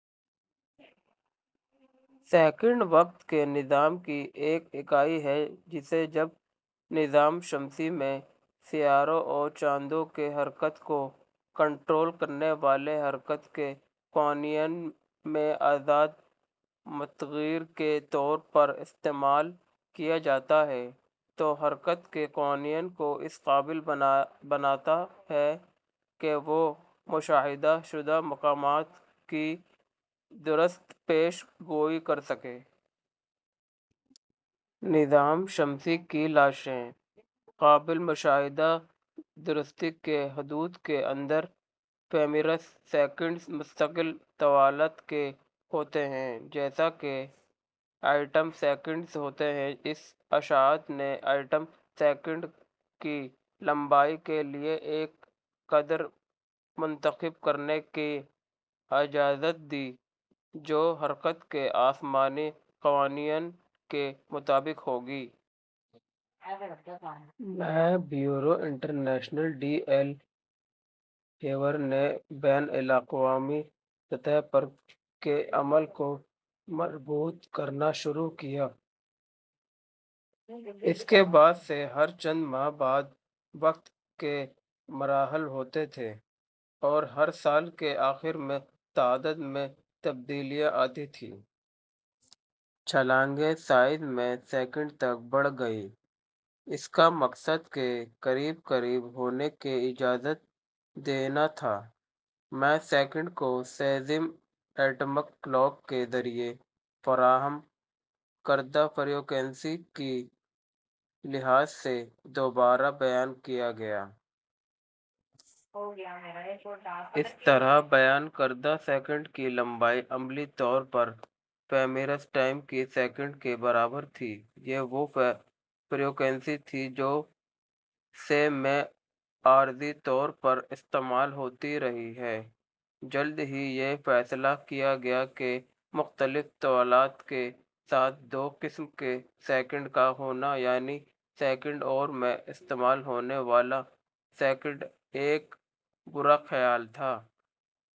Second وقت کے نظام کی ایک اکائی ہے جسے، جب نظام شمسی میں سیاروں اور چاندوں کی حرکت کو کنٹرول کرنے والے حرکت کے قوانین میں آزاد متغیر کے طور پر استعمال کیا جاتا ہے، تو حرکت کے قوانین کو اس قابل بناتا ہے کہ وہ مشاہدہ شدہ مقامات کی درست پیش گوئی کر سکے۔ نظام شمسی کی لاشیں. قابل مشاہدہ درستی کی حدود کے اندر، فیمیرس سیکنڈز مستقل طوالت کے ہوتے ہیں، جیسا کہ ایٹم سیکنڈز ہوتے ہیں۔ اس اشاعت نے ایٹم سیکنڈ کی لمبائی کے لیے ایک قدر منتخب کرنے کی اجازت دی جو حرکت کے آسمانی قوانین کے مطابق ہوگی۔ میں، Bureau International de l' Heure نے بین الاقوامی سطح پر کے عمل کو مربوط کرنا شروع کیا ۔ اس کے بعد سے، ہر چند ماہ بعد وقت کے مراحل ہوتے تھے اور ہر سال کے آخر میں تعدد میں تبدیلیاں آتی تھیں۔ چھلانگیں سائز میں سیکنڈ تک بڑھ گئیں۔ اس کا مقصد کے قریب قریب ہونے کی اجازت دینا تھا۔ میں، سیکنڈ کو سیزیم ایٹمک کلاک کے ذریعے فراہم کردہ فریکوئنسی کے لحاظ سے دوبارہ بیان کیا گیا۔ اس طرح بیان کردہ سیکنڈ کی لمبائی عملی طور پر فیمیرس ٹائم کے سیکنڈ کے برابر تھی۔ یہ وہ فریکوئنسی تھی جو سے میں عارضی طور پر استعمال ہوتی رہی ہے۔ جلد ہی یہ فیصلہ کیا گیا کہ مختلف طوالت کے ساتھ دو قسم کے سیکنڈ کا ہونا، یعنی سیکنڈ اور میں استعمال ہونے والا سیکنڈ، ایک برا خیال تھا۔